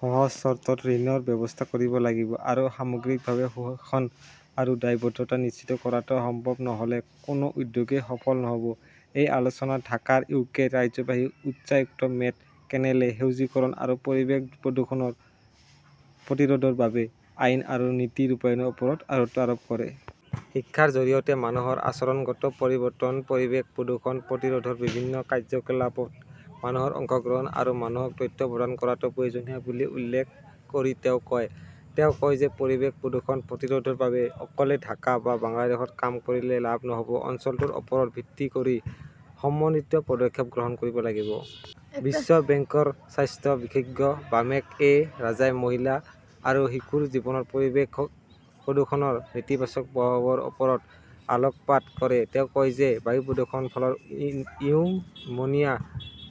সহজ চৰ্তত ঋণৰ ব্যৱস্থা কৰিব লাগিব। আৰু সামগ্ৰিকভাৱে সুশাসন আৰু দায়বদ্ধতা নিশ্চিত কৰাটো সম্ভৱ নহ "লে কোনো উদ্যোগই সফল নহ" ব। এই আলোচনাত ঢাকাৰ ইউকেৰ কাৰ্যবাহী উচ্চায়ুক্ত মেট কেনেলে সেউজকৰণ আৰু পৰিৱেশ প্ৰদূষণ প্ৰতিৰোধৰ বাবে আইন আৰু নীতি ৰূপায়ণৰ ওপৰত গুৰুত্ব আৰোপ কৰে। শিক্ষাৰ জৰিয়তে মানুহৰ আচৰণগত পৰিৱৰ্তন, পৰিৱেশ প্ৰদূষণ প্ৰতিৰোধৰ বিভিন্ন কাৰ্যকলাপত মানুহৰ অংশগ্ৰহণ আৰু মানুহক তথ্য প্ৰদান কৰাটো প্ৰয়োজনীয় বুলি উল্লেখ কৰি তেওঁ কয়। তেওঁ কয় যে পৰিৱেশ প্ৰদূষণ প্ৰতিৰোধৰ বাবে অকলে ঢাকা বা বাংলাদেশত কাম কৰিলে লাভ নহ "ব, অঞ্চলটোৰ ওপৰত ভিত্তি কৰি সমন্বিত পদক্ষেপ গ্ৰহণ কৰিব লাগিব। বিশ্ব বেংকৰ স্বাস্থ্য বিশেষজ্ঞ ৱামেক এ. ৰাজাই মহিলা আৰু শিশুৰ জীৱনত পৰিৱেশ প্ৰদূষণৰ নেতিবাচক প্ৰভাৱৰ ওপৰত আলোকপাত কৰে। তেওঁ কয় যে বায়ু প্ৰদূষণৰ ফলত নিউমোনিয়া,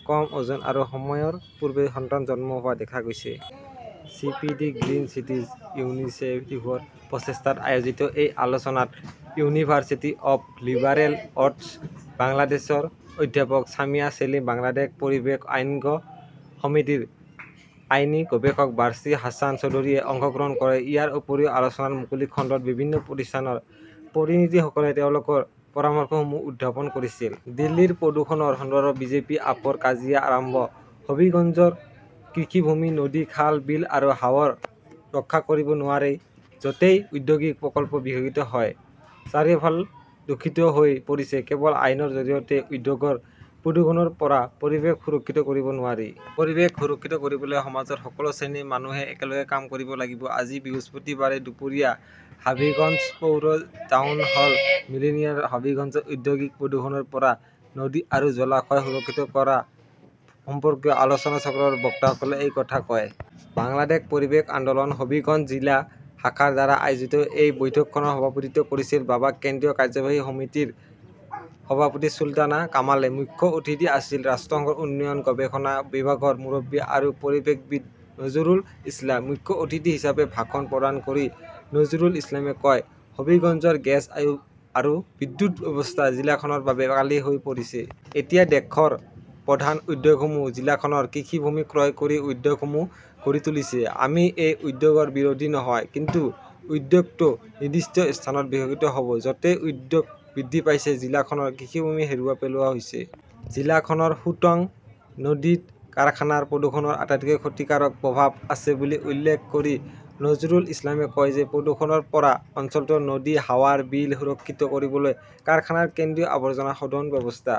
কম ওজন আৰু সময়ৰ পূৰ্বে সন্তান জন্ম হোৱা দেখা গৈছে। চি. পি. ডি. -ৰ গ্ৰীণ চিটিজ ইনিচিয়েটিভৰ প্ৰচেষ্টাত আয়োজিত এই আলোচনাত ইউনিভাৰ্চিটি অৱ লিবাৰেল আৰ্টছ বাংলাদেশৰ অধ্যাপক ছামিয়া চেলিম, বাংলাদেশ পৰিৱেশ আইনজ্ঞ সমিতিৰ আইনী গৱেষক বাৰ্চী হাছান চৌধুৰীয়ে অংশগ্ৰহণ কৰে। ইয়াৰ উপৰিও, আলোচনাৰ মুকলি খণ্ডত বিভিন্ন প্ৰতিষ্ঠানৰ প্ৰতিনিধিসকলে তেওঁলোকৰ পৰামৰ্শসমূহ উত্থাপন কৰিছিল। দিল্লীৰ প্ৰদূষণৰ সন্দৰ্ভত বিজেপি-আপৰ কাজিয়া আৰম্ভ হবীগঞ্জৰ কৃষিভূমি, নদী, খাল, বিল আৰু হাৱৰ ৰক্ষা কৰিব নোৱাৰি, য 'তেই ঔদ্যোগিক প্ৰকল্প বিকশিত হয়। চাৰিওফাল দূষিত হৈ পৰিছে। কেৱল আইনৰ জৰিয়তে উদ্যোগৰ প্ৰদূষণৰ পৰা পৰিৱেশ সুৰক্ষিত কৰিব নোৱাৰি। পৰিৱেশ সুৰক্ষিত কৰিবলৈ সমাজৰ সকলো শ্ৰেণীৰ মানুহে একেলগে কাম কৰিব লাগিব। আজি বৃহস্পতিবাৰে দুপৰীয়া হাবিগঞ্জ পৌৰ টাউন হল মিলনায়তনত 'হাবিগঞ্জত ঔদ্যোগিক প্ৰদূষণৰ পৰা নদী আৰু জলাশয় সুৰক্ষিত কৰা "সম্পৰ্কীয় আলোচনাচক্ৰত বক্তাসকলে এই কথা কয়। বাংলাদেশ পৰিৱেশ আন্দোলন হবিগঞ্জ জিলা শাখাৰ দ্বাৰা আয়োজিত এই বৈঠকখনৰ সভাপতিত্ব কৰিছিল বাবা কেন্দ্ৰীয় কাৰ্যবাহী সমিতিৰ সভাপতি চুলতানা কামালে। মুখ্য অতিথি আছিল ৰাষ্ট্ৰসংঘৰ উন্নয়ন গৱেষণা বিভাগৰ মুৰব্বী আৰু পৰিৱেশবিদ নজৰুল ইছলাম। মুখ্য অতিথি হিচাপে ভাষণ প্ৰদান কৰি নজৰুল ইছলামই কয়, "হবিগঞ্জৰ গেছ আৰু বিদ্যুৎ ব্যৱস্থা জিলাখনৰ বাবে কালি হৈ পৰিছে। এতিয়া দেশৰ প্ৰধান উদ্যোগসমূহে জিলাখনৰ কৃষিভূমি ক্ৰয় কৰি উদ্যোগসমূহ গঢ়ি তুলিছে। আমি এই উদ্যোগৰ বিৰোধী নহয়, কিন্তু উদ্যোগটো নিৰ্দিষ্ট স্থানত বিকশিত হ 'ব। য 'তেই উদ্যোগ বৃদ্ধি পাইছে, জিলাখনৰ কৃষিভূমি হেৰুৱাই পেলোৱা হৈছে। "জিলাখনৰ সুতাং নদীত কাৰখানাৰ প্ৰদূষণৰ আটাইতকৈ ক্ষতিকাৰক প্ৰভাৱ আছে বুলি উল্লেখ কৰি নজৰুল ইছলামই কয় যে প্ৰদূষণৰ পৰা অঞ্চলটোৰ নদী, হাৱাৰ, বিল সুৰক্ষিত কৰিবলৈ কাৰখানাৰ কেন্দ্ৰীয় আৱৰ্জনা শোধন ব্যৱস্থা